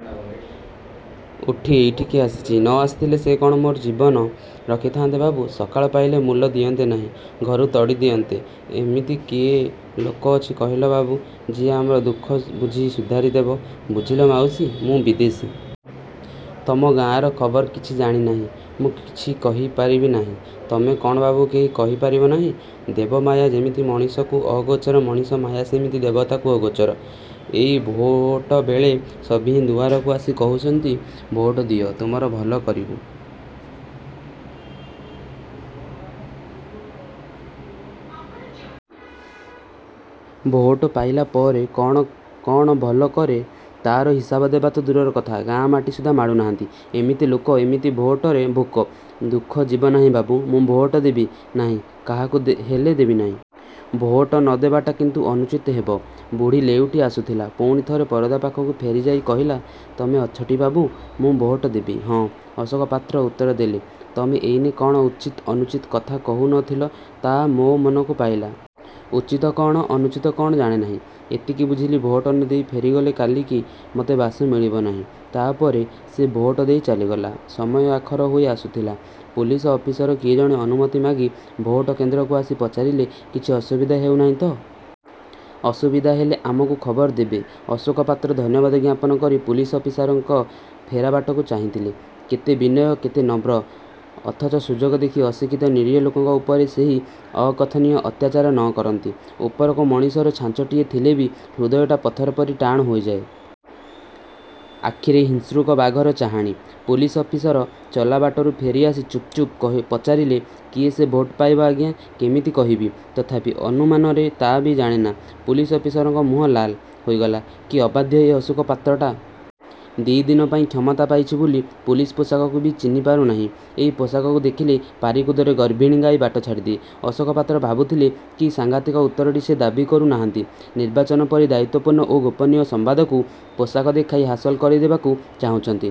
ଉଠି ଏଇଠିକି ଆସିଛି। ନ ଆସିଥିଲେ ସେ କଣ ମୋର ଜୀବନ ରଖିଥାଆନ୍ତେ ବାବୁ। ସକାଳ ପାହିଲେ ମୂଲ ଦିଅନ୍ତେ ନାହିଁ। ଘରୁ ତଡ଼ି ଦିଅନ୍ତେ। ଏମିତି କିଏ ଲୋକ ଅଛି କହିଲ ବାବୁ, ଯିଏ ଆମର ଦୁଃଖ ବୁଝି ସୁଧାରି ଦେବ? ବୁଝିଲ ମାଉସୀ, ମୁଁ ବିଦେଶୀ। ତମ ଗାଁର ଖବର କିଛି ଜାଣି ନାହିଁ। ମୁଁ କହିପାରିବି ନାହିଁ। ତମେ କଣ ବାବୁ କେହି କହିପାରିବ ନାହିଁ! ଦେବ ମାୟା ଯେମିତି ମଣିଷକୁ ଅଗୋଚର, ମଣିଷ ମାୟା ସେମିତି ଦେବତାକୁ ଅଗୋଚର। ଏଇ ଭୋଅଟବେଳେ ସଭିଏଁ ଦୁଆରକୁ ଆସି କହୁଛନ୍ତି, ଭୋଟ ଦିଅ, ତୁମର ଭଲ କରିବୁ। ଭୋଟ ପାଇଲା ପରେ କଣ କଣ ଭଲ କଲେ ତା'ର ହିସାବ ଦେବା ତ ଦୂରର କଥା, ଗାଁ ମାଟି ସୁଦ୍ଧା ମାଡ଼ୁ ନାହାନ୍ତି। ଏମିତି ଲୋକ, ଏମିତି ଭୋଟରେ ଭୋକ, ଦୁଃଖ ଯିବ ନାହିଁ ବାବୁ। ମୁଁ ଭୋଟ ଦେବି ନାହିଁ। କାହାକୁ ହେଲେ ଦେବି ନାହିଁ। ଭୋଟ ନ ଦେବାଟା କିନ୍ତୁ ଅନୁଚିତ ହେବ। ବୁଢ଼ୀ ଲେଉଟି ଆସୁଥିଲା। ପୁଣି ଥରେ ପରଦା ପାଖକୁ ଫେରି ଯାଇ କହିଲା, ତମେ ଅଛଟି ବାବୁ? ମୁଁ ଭୋଟ ଦେବି। ହଁ, ଅଶୋକ ପାତ୍ର ଉତ୍ତର ଦେଲେ। ତମେ ଏଇନେ କଣ ଉଚିତ, ଅନୁଚିତ କଥା କହୁ ନ ଥିଲ, ତା' ମୋ ମନକୁ ପାଇଲା। ଉଚିତ କଣ, ଅନୁଚିତ କଣ ଜାଣେ ନାହିଁ। ଏତିକି ବୁଝିଲି ଭୋଟ ନ ଦେଇ ଫେରିଗଲେ କାଲିକି ମୋତେ ବାସ ମିଳିବ ନାହିଁ। ତା'ପରେ ସେ ଭୋଟ ଦେଇ ଚାଲିଗଲା। ସମୟ ଆଖର ହୋଇ ଆସୁଥିଲା। ପୋଲିସ ଅଫିସର କିଏ ଜଣେ ଅନୁମତି ମାଗି ଭୋଟକେନ୍ଦ୍ରକୁ ଆସି ପଚାରିଲେ, କିଛି ଅସୁବିଧା ହେଉ ନାହିଁ ତ? ଅସୁବିଧା ହେଲେ ଆମକୁ ଖବର ଦେବେ। ଅଶୋକ ପାତ୍ର ଧନ୍ୟବାଦ ଜ୍ଞାପନ କରି ପୋଲିସ ଅଫିସରଙ୍କ ଫେରା ବାଟକୁ ଚାହିଁଥିଲେ। କେତେ ବିନୟ କେତେ ନମ୍ର! ଅଥଚ ସୁଯୋଗ ଦେଖି ଅଶିକ୍ଷିତ, ନିରୀହ ଲୋକଙ୍କ ଉପରେ ସେକି ଅକଥନୀୟ ଅତ୍ୟାଚାର ନ କରନ୍ତି। ଉପରକୁ ମଣିଷର ଛାଞ୍ଚଟିଏ ଥିଲେ ବି ହୃଦୟଟା ପଥର ପରି ଟାଣ ହୋଇଯାଏ। ଆଖିରେ ହିଂସ୍ରୁକ ବାଘର ଚାହାଣୀ! ପୋଲିସ ଅଫିସର ଚଲାବାଟରୁ ଫେରି ଆସି ଚୁପ୍ ଚୁପ୍ ପଚାରିଲେ, କିଏସେ ଭୋଟ ପାଇବ ଆଜ୍ଞା? କେମିତି କହିବି? ତଥାପି, ଅନୁମାନରେ ତା' ବି ଜାଣେ ନା। ପୋଲିସ ଅଫିସରଙ୍କ ମୁହଁ ଲାଲ ହୋଇଗଲା। କି ଅବାଧ୍ୟ ଏ ଅଶୋକ ପାତ୍ରଟା! ଦି'ଦିନପାଇଁ କ୍ଷମତା ପାଇଛି ବୋଲି ପୋଲିସ ପୋଷାକକୁ ବି ଚିହ୍ନି ପାରୁ ନାହିଁ। ଏଇ ପୋଷାକକୁ ଦେଖିଲେ ପାରିକୁଦରେ ଗର୍ଭିଣୀ ଗାଈ ବାଟ ଛାଡ଼ିଦିଏ। ଅଶୋକ ପାତ୍ର ଭାବୁଥିଲେ, କି ସାଂଘାତିକ ଉତ୍ତରଟି ସେ ଦାବୀ କରୁ ନାହାନ୍ତି। ନିର୍ବାଚନ ପରି ଦାୟିତ୍ୱପୂର୍ଣ୍ଣ ଓ ଗୋପନୀୟ ସମ୍ୱାଦକୁ ପୋଷାକ ଦେଖାଇ ହାସଲ କରିଦେବାକୁ ଚାହୁଛନ୍ତି।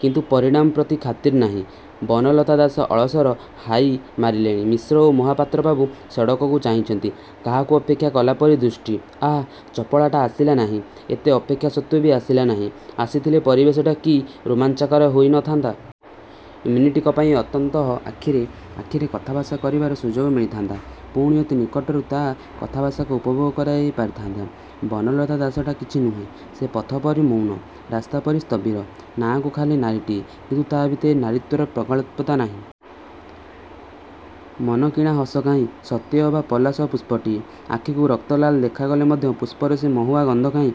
କିନ୍ତୁ ପରିଣାମ ପ୍ରତି ଖାତିର ନାହିଁ। ବନଲତା ଦାସ ଅଳସର ହାଇ ମାରିଲେଣି। ମିଶ୍ର ଓ ମହାପାତ୍ରବାବୁ ସଡ଼କକୁ ଚାହିଁଛନ୍ତି। କାହାକୁ ଅପେକ୍ଷା କଲାପରି ଦୃଷ୍ଟି। ଆଃ, ଚପଳାଟା ଆସିଲା ନାହିଁ। ଏତେ ଅପେକ୍ଷା ସତ୍ୱେ ବି ଆସିଲା ନାହିଁ। ଆସିଥିଲେ ପରିବେଶଟା କି ରୋମାଞ୍ଚକାର ହୋଇ ନ ଥାନ୍ତା! ମିନିଟିକପାଇଁ ଅନ୍ତତଃ ଆଖିରେ, ଆଖିରେ କଥାଭାଷା କରିବାର ସୁଯୋଗ ମିଳିଥାନ୍ତା। ପୁଣି ଅତି ନିକଟରୁ ତା କଥାଭାଷାକୁ ଉପଭୋଗ କରାଯାଇ ପାରିଥାନ୍ତା। ବନଲତା ଦାସଟା କିଛି ନୁହେଁ। ସେ ପଥରପରି ମୌନ, ରାସ୍ତାପରି ସ୍ଥବିର, ନାଁକୁ ଖାଲି ନାରୀଟିଏ, କିନ୍ତୁ ତା' ଭିତରେ ନାରୀତ୍ୱର ପ୍ରଗଳ୍ଭତା କାହିଁ? ମନକିଣା ହସ କାହିଁ? ସତେ ଅବା ପଲାଶ ପୁଷ୍ପଟିଏ। ଆଖିକୁ ରକ୍ତଲାଲ ଦେଖାଗଲେ ମଧ୍ୟ ପୁଷ୍ପର ସେ ମହୁଆ ଗନ୍ଧ କାହିଁ?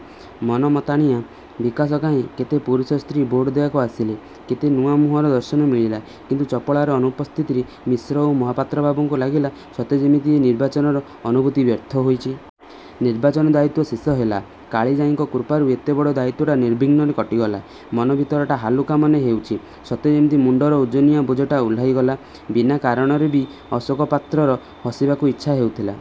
ମନ ମତାଣିଆ ବିକାଶ କାହିଁ? କେତେ ପୁରୁଷ ସ୍ତ୍ରୀ–ଭୋଟ ଦେବାକୁ ଆସିଲେ। କେତେ ନୂଆ ମୁହଁର ଦର୍ଶନ ମିଲିଲା-। କିନ୍ତୁ ଚପଳାର ଅନୁପସ୍ଥିତିରେ ମିଶ୍ର ଓ ମହାପାତ୍ର ବାବୁଙ୍କୁ ଲାଗିଲା, ସତେ ଯେମିତି ଏ ନିର୍ବାଚନର ଅନୁଭୂତି ବ୍ୟର୍ଥ ହୋଇଛି। ନିର୍ବାଚନ ଦାୟିତ୍ୱ ଶେଷ ହେଲା। କାଳିଜାଈଙ୍କ କୃପାରୁ ଏତେ ବଡ଼ ଦାୟିତ୍ୱଟା ନିର୍ବିଘ୍ନରେ କଟିଗଲା। ମନ ଭିତରଟା ହାଲୁକା ମନେ ହେଉଛି। ସତେ ଯେମିତି ମୁଣ୍ଡର ଓଜନିଆ ବୋଝଟା ଓହ୍ଲାଇଗଲା। ବିନା କାରଣରେ ବି ଅଶୋକ ପାତ୍ରର ହସିବାକୁ ଇଚ୍ଛା ହେଉଥିଲା।